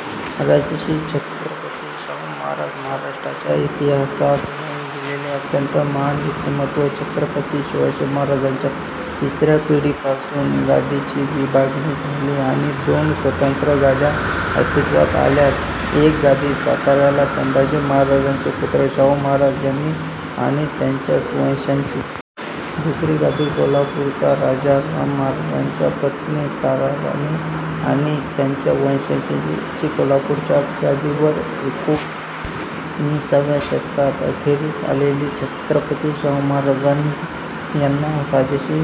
राजर्षी छत्रपती शाहु महाराज. महाराष्ट्राच्या इतिहासात होऊन गेलेले अत्यंत महान व्यक्तिमत्व. छत्रपती शिवाजी महाराजांच्या तिसऱ्या पिढीपासून गादीची विभागणी झाली आणि दोन स्वतंत्र गाद्या अस्तित्वात आल्या. एक गादी साताऱ्याला संभाजी महाराजांचे पुत्र शाहु महाराज यांची आणि त्यांच्या वंशजांची. दुसरी गादी कोल्हापूरची राजाराम महाराजांच्या पत्नी ताराराणी आणि त्यांच्या वंशजांची. त्या कोल्हापूरच्या गादीवर एकोणिसाव्या शतकाच्या अखेरीस आलेले छत्रपती शाहु महाराज यांना राजर्षी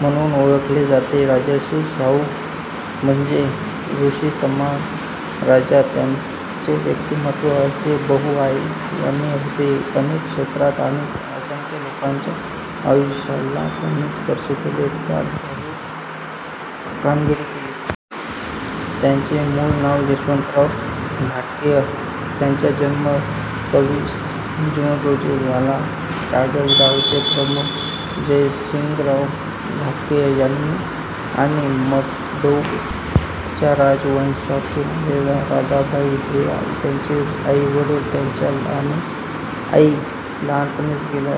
म्हणुन ओळखले जाते. राजर्षी म्हणजे ऋषीसमान राजा. त्यांचे व्यक्तिमत्वच असे बहुआयामी होते, अनेक क्षेत्रांना आणि असंख्य लोकांच्या आयुष्याला त्यांनी स्पर्श केला, त्यात भरीव कामगिरी केली. त्यांचे मूळ नाव यशवंतराव घाटगे. त्यांचा जन्म सव्वीस जुन रोजी झाला. कागल गावचे प्रमुख जयसिंगराव घाटगे आणि मुधोळच्या राजवंशातुन आलेल्या राधाबाई हे त्यांचे आईवडील. त्यांच्या आई लहानपणीच गेल्या.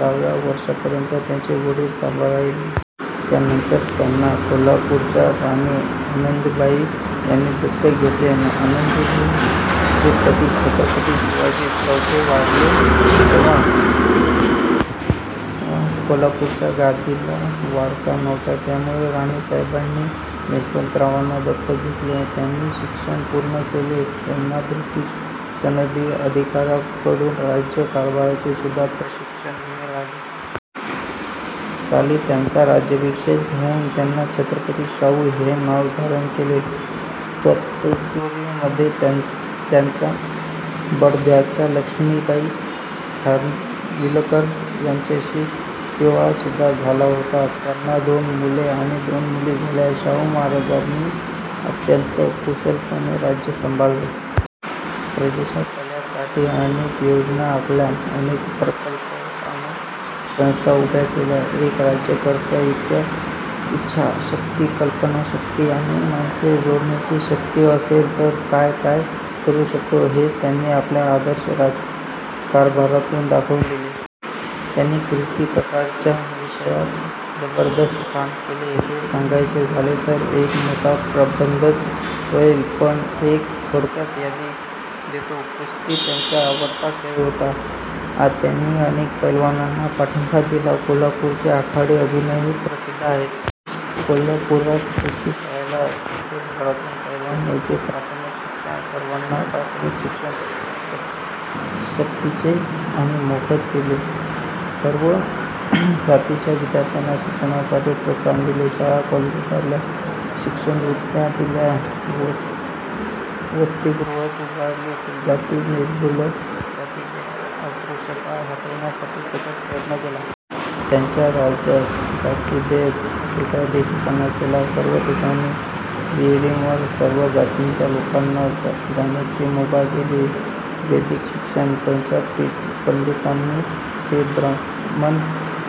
दहाव्या वर्षापर्यंत त्यांना वडिलांनी सांभाळले. त्यानंतर त्यांना कोल्हापूरच्या राणी आनंदीबाई यांनी दत्तक घेतले. आनंदीबाईंचे पती छत्रपती शिवाजी चौथे वारले तेव्हा कोल्हापूरच्या गादीला वारस नव्हता. त्यामुळे राणीसाहेबांनी यशवंतरावांना दत्तक घेतले. त्यांनी शिक्षण पूर्ण केले. त्यांना ब्रिटिश सनदी अधिकाऱ्यांकडून राज्य कारभाराचे सुद्धा प्रशिक्षण मिळाले. साली त्यांचा राज्याभिषेक होऊन त्यांनी छत्रपती शाहू हे नाव धारण केले. तत्पूर्वी मध्ये त्यांचा बडोद्याच्या लक्ष्मीबाई खानविलकर यांच्याशी विवाहसुद्धा झाला होता. त्यांना दोन मुले आणि दोन मुली झाल्या. शाहु महाराजांनी अत्यंत कुशलपणे राज्य सांभाळले. प्रजेच्या कल्याणासाठी अनेक योजना आखल्या. अनेक प्रकल्प आणि संस्था उभ्या केल्या. एक राज्यकर्ता इच्छा शक्ती, कल्पनाशक्ती आणि माणसे जोडण्याची शक्ती असले तर काय काय करू शकतो हे त्यांनी आपल्या आदर्श राज्यकारभारातुन दाखवुन दिले. त्यांनी किती प्रकारच्या विषयात जबरदस्त काम केले हे सांगायचे झाले तर एक मोठा प्रबंधच होईल. पण एक थोडक्यात यादी देतो. कुस्ती. त्यांचा आवडता खेळ. त्यांनी अनेक पैलवानांना पाठिंबा दिला. कोल्हापूरचे आखाडे अजूनही प्रसिद्ध आहेत. कोल्हापुरात कुस्ती खेळायला देशभरातून पैलवान यायचे. प्राथमिक शिक्षण सर्वांना प्राथमिक शिक्षण सक्तीचे आणि मोफत केले. सर्व जातीच्या विद्यार्थ्यांना शिकण्यासाठी प्रोत्साहन दिले. शाळा कॉलेज उभारले. शिष्यवृत्त्या दिल्या. वसतिगृहे उभारली. जाती निर्मूलन जातीभेद, अस्पृश्यता हटवण्यासाठी सतत प्रयत्न केले. त्यांच्या राज्यात जातीभेद बेकायदेशीर केला. सर्व ठिकाणी, विहिरींवर सर्व जातीच्या लोकांना जाण्याची मुभा दिली. वेदिक शिक्षण: त्यांच्या पंडितांनी ते ब्राह्मण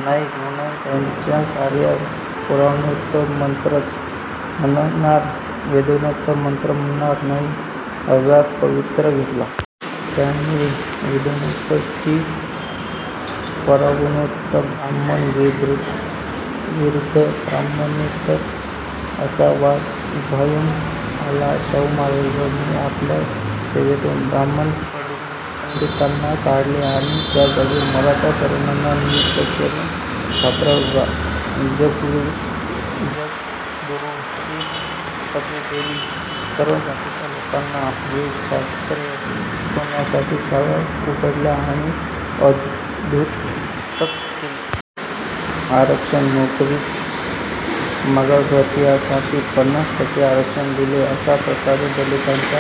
नाहीत म्हणुन त्यांच्या कार्यात पुराणोक्त मंत्रच म्हणणार वेदोक्त मंत्र म्हणणार नाही असा पवित्रा घेतला. त्यामुळे वेदोक्त कि पुराणोक्त, ब्राह्मण विरुद्ध ब्राह्मणेतर असा वाद उफाळून आला. शाहु महाराजांनी आपल्या सेवेतुन ब्राह्मण पंडितांना काढले आणि त्याजागी मराठा तरुणांना नियुक्त करून क्षात्र जगद्गुरू हि पदवी दिली. सर्व जातीच्या लोकांना वेदशास्त्रे शिकण्यासाठी शाळा उघडल्या आणि उद्युक्त केले. आरक्षण नोकरीत मागासवर्गीयांसाठी पन्नास टक्के आरक्षण दिले. अशा प्रकारे दलितांच्या